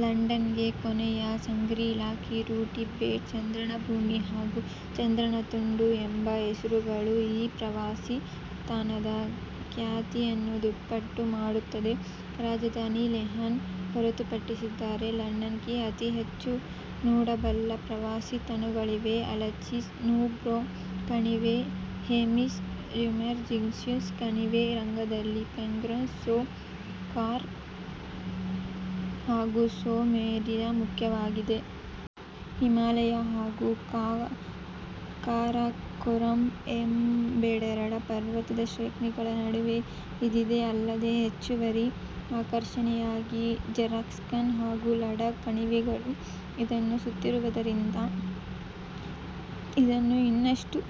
ಲಡಾಖ್ಗೆ 'ಕೊನೆಯ ಸಂಗ್ರೀಲಾ', 'ಕಿರು ಟಿಬೆಟ್', 'ಚಂದ್ರನ ಭೂಮಿ' ಹಾಗೂ 'ಚಂದ್ರನ ತುಂಡು' ಎಂಬ ಹೆಸರುಗಳು ಈ ಪ್ರವಾಸಿ ತಾಣದ ಖ್ಯಾತಿಯನ್ನು ದುಪ್ಪಟ್ಟು ಮಾಡುತ್ತದೆ. ರಾಜಧಾನಿ ಲೇಹ್ ಹೊರತುಪಡಿಸಿದರೆ ಲಡಾಖ್ನಲ್ಲಿ ಅತೀ ಹೆಚ್ಚು ನೋಡಬಲ್ಲ ಪ್ರವಾಸಿ ತಾಣಗಳಿವೆ. ಅಲಚಿ, ನೂಬ್ರಾ ಕಣಿವೆ, ಹೇಮಿಸ್, ಲಮ್ಯಾರು, ಜನ್ಸ್ಕರ್ ಕಣಿವೆ, ಕರಂಗಲಿ, ಪಂಗೊಂಗ್ ಸೊ, ಸೋ ಕಾರ್ ಹಾಗೂ ಸೊ ಮೋರಿರಿ ಮುಖ್ಯವಾಗಿದೆ. ಹಿಮಾಲಯ ಹಾಗೂ ಕಾರಾಕೋರಂ ಎಂಬೆರಡು ಪರ್ವತ ಶ್ರೇಣಿಗಳ ನಡುವೆ ಇದಿದೆ. ಅಲ್ಲದೇ ಹೆಚ್ಚುವರಿ ಆಕರ್ಷಣೆಯಾಗಿ ಜನ್ಸಕರ್ ಹಾಗೂ ಲಡಾಖ್ ಕಣಿವೆಗಳು ಇದನ್ನು ಸುತ್ತಿವರಿದಿದ್ದು ಇದನ್ನು ಇನ್ನಷ್ಟು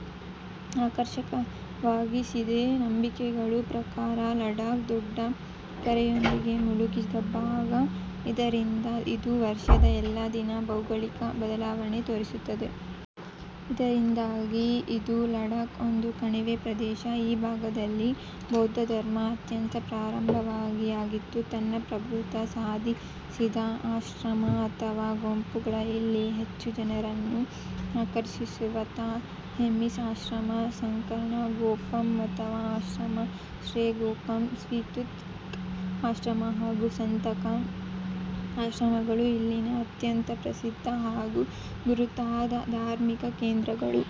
ಆಕರ್ಷಕವಾಗಿಸಿದೆ. ನಂಬಿಕೆಗಳ ಪ್ರಕಾರ, ಲಡಾಖ್ ದೊಡ್ಡ ಕೆರೆಯೊಂದರ ಮುಳುಗಿದ ಭಾಗ. ಇದರಿಂದ ಇದು ವರ್ಷದ ಎಲ್ಲಾ ದಿನ ಭೌಗೋಳಿಕ ಬದಲಾವಣೆಯನ್ನು ತೋರಿಸುತ್ತದೆ. ಇದರಿಂದಾಗಿ ಇದು ಲಡಾಖ್ ಒಂದು ಕಣಿವೆ ಪ್ರದೇಶ. ಈ ಭಾಗದಲ್ಲಿ ಬೌದ್ಧ ಧರ್ಮ ಅತ್ಯಂತ ಪ್ರಭಾವಿಯಾಗಿದ್ದು, ತನ್ನ ಪ್ರಭುತ್ವ ಸಾಧಿಸಿದೆ. ಆಶ್ರಮ ಅಥವಾ ಗೋಂಪ್ಗಳು ಇಲ್ಲಿ ಹೆಚ್ಚು ಜನರನ್ನು ಆಕರ್ಷಿಸುವ ತಾಣ. ಹೇಮಿಸ್ ಆಶ್ರಮ, ಸಂಕರ ಗೋಂಪಾ, ಮಾಥೂ ಆಶ್ರಮ, ಶೇ ಗೋಂಪಾ, ಸ್ಪಿತುಕ್ ಆಶ್ರಮ ಹಾಗೂ ಸತಂಕ ಆಶ್ರಮಗಳು ಇಲ್ಲಿನ ಅತ್ಯಂತ ಪ್ರಸಿದ್ಧ ಹಾಗೂ ಗುರುತಾದ ಧಾರ್ಮಿಕ ಕೇಂದ್ರಗಳು.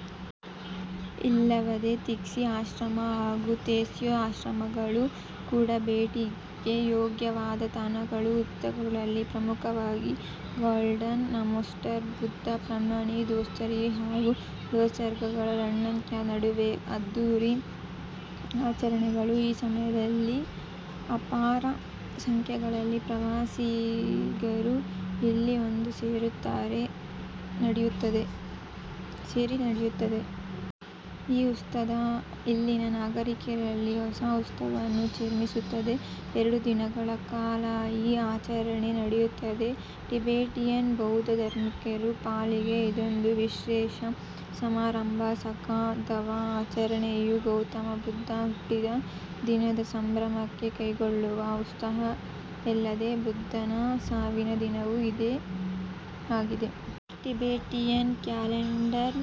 ಇವಲ್ಲದೇ ತಿಕ್ಸೆ ಆಶ್ರಮ ಹಾಗೂ ತೆಸ್ಮೋ ಆಶ್ರಮಗಳು ಕೂಡ ಭೇಟಿಗೆ ಯೋಗ್ಯವಾದ ತಾಣಗಳು. ಉತ್ಸವಗಳಲ್ಲಿ ಪ್ರಮುಖವಾಗಿ ಗಾಲ್ಡನ್ ನಮ್ಚೋಟ್, ಬುದ್ಧ ಪೂರ್ಣಿಮೆ, ದೋಸ್ಮೋಚೇ ಹಾಗೂ ಲೋಸಾರ್ಗಳು ಲಡಾಖ್ನಾದ್ಯಂತ ನಡೆಯುವ ಅದ್ದೂರಿ ಆಚರಣೆಗಳು. ಈ ಸಮಯದಲ್ಲಿ ಅಪಾರ ಸಂಖ್ಯೆಯಲ್ಲಿ ಪ್ರವಾಸಿಗರೂ ಇಲ್ಲಿ ಬಂದು ಸೇರುತ್ತಾರೆ. ದೋಸ್ಮೋಚೇ ಉತ್ಸವದಲ್ಲಿ ನೃತ್ಯ, ಪ್ರಾರ್ಥನೆ ಹಾಗೂ ಪ್ರದರ್ಶನ ನಡೆಯುತ್ತದೆ. ಈ ಉತ್ಸವ ಇಲ್ಲಿನ ನಾಗರಿಕರಲ್ಲಿ ಹೊಸ ಉತ್ಸಾಹವನ್ನು ಚಿಮ್ಮಿಸುತ್ತದೆ. ಎರಡು ದಿನಗಳ ಕಾಲ ಈ ಆಚರಣೆ ನಡೆಯುತ್ತದೆ. ಟಿಬೇಟಿಯನ್ ಬೌದ್ಧ ಧರ್ಮೀಯರ ಪಾಲಿಗೆ ಇದೊಂದು ವಿಶೇಷ ಸಮಾರಂಭ. ಸಖಾ ದವಾ ಆಚರಣೆಯು ಗೌತಮ ಬುದ್ಧ ಹುಟ್ಟಿದ ದಿನದ ಸಂಭ್ರಮಕ್ಕೆ ಕೈಗೊಳ್ಳುವ ಉತ್ಸವ. ಅಲ್ಲದೇ ಬುದ್ಧನ ಸಾವಿನ ದಿನವೂ ಇದೇ ಆಗಿದೆ. ಟಿಬೇಟಿಯನ್ ಕ್ಯಾಲೆಂಡರ್ನ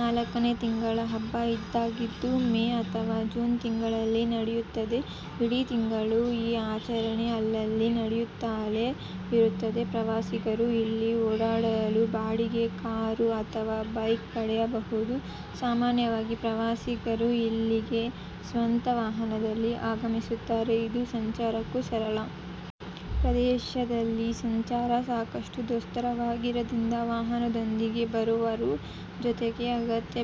ನಾಲ್ಕನೇ ತಿಂಗಳ ಹಬ್ಬ ಇದಾಗಿದ್ದು, ಮೇ ಅಥವಾ ಜೂನ್ ತಿಂಗಳಲ್ಲಿ ನಡೆಯುತ್ತದೆ. ಇಡೀ ತಿಂಗಳು ಈ ಆಚರಣೆ ಅಲ್ಲಲ್ಲಿ ನಡೆಯುತ್ತಲೇ ಇರುತ್ತದೆ. ಪ್ರವಾಸಿಗರು ಇಲ್ಲಿ ಓಡಾಡಲು ಬಾಡಿಗೆ ಕಾರು ಅಥವಾ ಬೈಕ್ ಪಡೆಯಬಹುದು. ಸಾಮಾನ್ಯವಾಗಿ ಪ್ರವಾಸಿಗರು ಇಲ್ಲಿಗೆ ಸ್ವಂತ ವಾಹನದಲ್ಲಿ ಆಗಮಿಸುತ್ತಾರೆ. ಇದು ಸಂಚಾರಕ್ಕೂ ಸರಳ. ಪ್ರದೇಶದಲ್ಲಿ ಸಂಚಾರ ಸಾಕಷ್ಟು ದುಸ್ತರವಾಗಿರುವುದರಿಂದ ವಾಹನದೊಂದಿಗೆ ಬರುವವರು ಜತೆಗೆ ಅಗತ್ಯ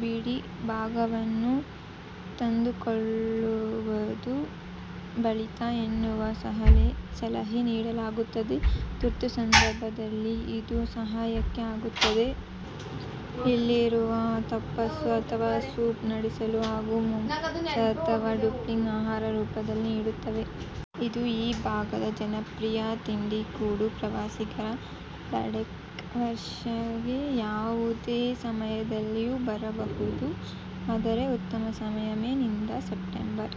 ಬಿಡಿಭಾಗವನ್ನೂ ತಂದುಕೊಳ್ಳುವುದು ಒಳಿತು ಎನ್ನುವ ಸಲಹೆ ನೀಡಲಾಗುತ್ತದೆ. ತುರ್ತು ಸಂದರ್ಭದಲ್ಲಿ ಇದು ಸಹಾಯಕ್ಕೆ ಆಗುತ್ತದೆ. ಇಲ್ಲಿರುವ ಸಾಕಷ್ಟು ಹೋಟೆಲ್ಗಳು, ರೆಸ್ಟೊರೆಂಟ್ಗಳು ತುಪ್ಕಾಸ್ ಅಥವಾ ಸೂಪ್ ನೂಡಲ್ಸ್ ಹಾಗೂ ಮೋಮೊಸ್ ಅಥವಾ ಡುಪ್ಲಿಂಗ್ಗಳನ್ನು ಆಹಾರ ರೂಪದಲ್ಲಿ ನೀಡುತ್ತವೆ. ಇದು ಈ ಭಾಗದ ಜನಪ್ರಿಯ ತಿಂಡಿ ಕೂಡ. ಪ್ರವಾಸಿಗರು ಲಡಾಖ್ಗೆ ವರ್ಷದ ಯಾವುದೇ ಸಮಯದಲ್ಲಿಯೂ ಬರಬಹುದು. ಆದರೆ ಉತ್ತಮ ಸಮಯ, ಮೇ ನಿಂದ ಸೆಪ್ಟೆಂಬರ್